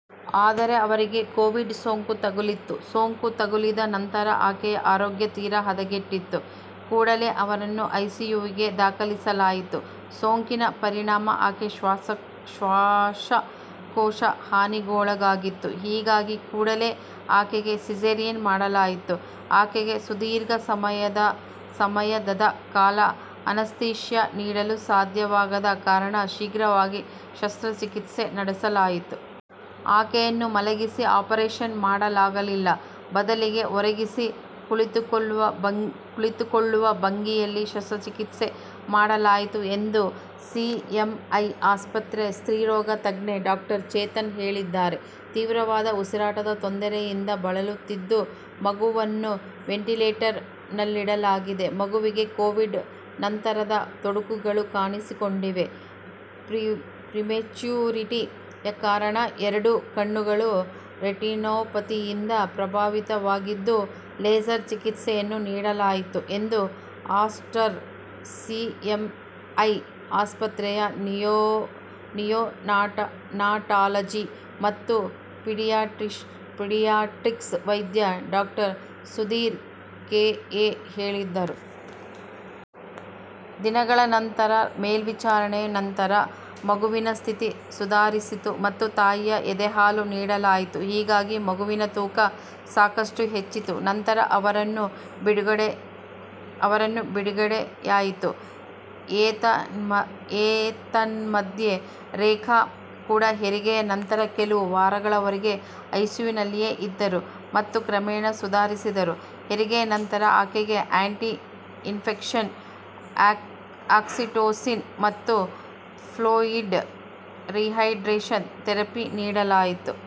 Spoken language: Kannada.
ಆದರೆ ಅವರಿಗೆ ಕೋವಿಡ್ ಸೋಂಕು ತಗುಲಿತ್ತು, ಸೋಂಕು ತಗುಲಿದ ನಂತರ ಆಕೆಯ ಆರೋಗ್ಯ ತೀರಾ ಹದಗೆಟ್ಟಿತ್ತು. ಕೂಡಲೇ ಅವರನ್ನು ಐಸಿಯು ಗೆ ದಾಖಲಿಸಲಾಯಿತು. ಸೋಂಕಿನ ಪರಿಣಾಮ ಆಕೆಯ ಶ್ವಾಸಕೋಶ ಹಾನಿಗೊಳಗಾಗಿತ್ತು. ಹೀಗಾಗಿ ಕೂಡಲೇ ಆಕೆಗೆ ಸಿಸೇರಿಯನ್ ಮಾಡಲಾಯಿತು. ಆಕೆಗೆ ಸುದೀರ್ಘ ಸಮಯದದ ಕಾಲ ಅನಸ್ತೇಶಿಯಾ ನೀಡಲು ಸಾಧ್ಯವಾಗದ ಕಾರಣ ಶೀಘ್ರವಾಗಿ ಶಸ್ತ್ರಚಿಕಿತ್ಸೆ ನಡೆಸಲಾಯಿತು. ಆಕೆಯನ್ನು ಮಲಗಿಸಿ ಆಪರೇಷನ್ ಮಾಡಲಾಗಲಿಲ್ಲ, ಬದಲಿಗೆ ಒರಗಿಸಿ ಕುಳಿತುಕೊಳ್ಳುವ ಭಂಗಿಯಲ್ಲಿ ಶಸ್ತ್ರ ಚಿಕಿತ್ಸೆ ಮಾಡಲಾಯಿತು ಎಂದು ಸಿಎಂಐ ಆಸ್ಪತ್ರೆ ಸ್ತ್ರೀರೋಗ ತಜ್ಞೆ ಡಾ. ಚೇತನ್ ಹೇಳಿದ್ದಾರೆ. ತೀವ್ರವಾದ ಉಸಿರಾಟದ ತೊಂದರೆಯಿಂದ ಬಳಲುತ್ತಿದ್ದು ಮಗುವನ್ನು ವೆಂಟಿಲೇಟರ್ ನಲ್ಲಿಡಲಾಗಿದೆ. ಮಗುವಿಗೆ ಕೋವಿಡ್ ನಂತರದ ತೊಡಕುಗಳು ಕಾಣಿಸಿಕೊಂಡಿವೆ. ಪ್ರಿಮೆಚ್ಯೂರಿಟಿಯ ಕಾರಣ ಎರಡೂ ಕಣ್ಣುಗಳು ರೆಟಿನೋಪತಿಯಿಂದ ಪ್ರಭಾವಿತವಾಗಿದ್ದು ಲೇಸರ್ ಚಿಕಿತ್ಸೆಯನ್ನು ನಡೆಸಲಾಯಿತು, "ಎಂದು ಆಸ್ಟರ್ ಸಿಎಂಐ ಆಸ್ಪತ್ರೆಯ ನಿಯೋನಾಟಾಲಜಿ ಮತ್ತು ಪೀಡಿಯಾಟ್ರಿಕ್ಸ್ ವೈದ್ಯ ಡಾ ಸುಧೀರ್ ಕೆ ಎ ಹೇಳಿದರು. ದಿನಗಳ ನಿರಂತರ ಮೇಲ್ವಿಚಾರಣೆಯ ನಂತರ, ಮಗುವಿನ ಸ್ಥಿತಿ ಸುಧಾರಿಸಿತು ಮತ್ತು ತಾಯಿಯ ಎದೆ ಹಾಲು ನೀಡಲಾಯಿತು. ಹಾಗಾಗಿ ಮಗುವಿನ ತೂಕ ಸಾಕಷ್ಟು ಹೆಚ್ಚಿತು, ನಂತರ ಅವರನ್ನು ಬಿಡುಗಡೆಯಾಯಿತು. ಏತನ್ಮಧ್ಯೆ, ರೇಖಾ ಕೂಡ ಹೆರಿಗೆಯ ನಂತರ ಕೆಲವು ವಾರಗಳವರೆಗೆ ಐಸಿಯುನಲ್ಲಿಯೇ ಇದ್ದರು ಮತ್ತು ಕ್ರಮೇಣ ಸುಧಾರಿಸಿದರು. ಹೆರಿಗೆಯ ನಂತರ, ಆಕೆಗೆ ಆಂಟಿ-ಇನ್ಫೆಕ್ಷನ್, ಆಕ್ಸಿಟೋಸಿನ್ ಮತ್ತು ಫ್ಲೂಯಿಡ್ ರೀಹೈಡ್ರೇಶನ್ ಥೆರಪಿ ನೀಡಲಾಯಿತು.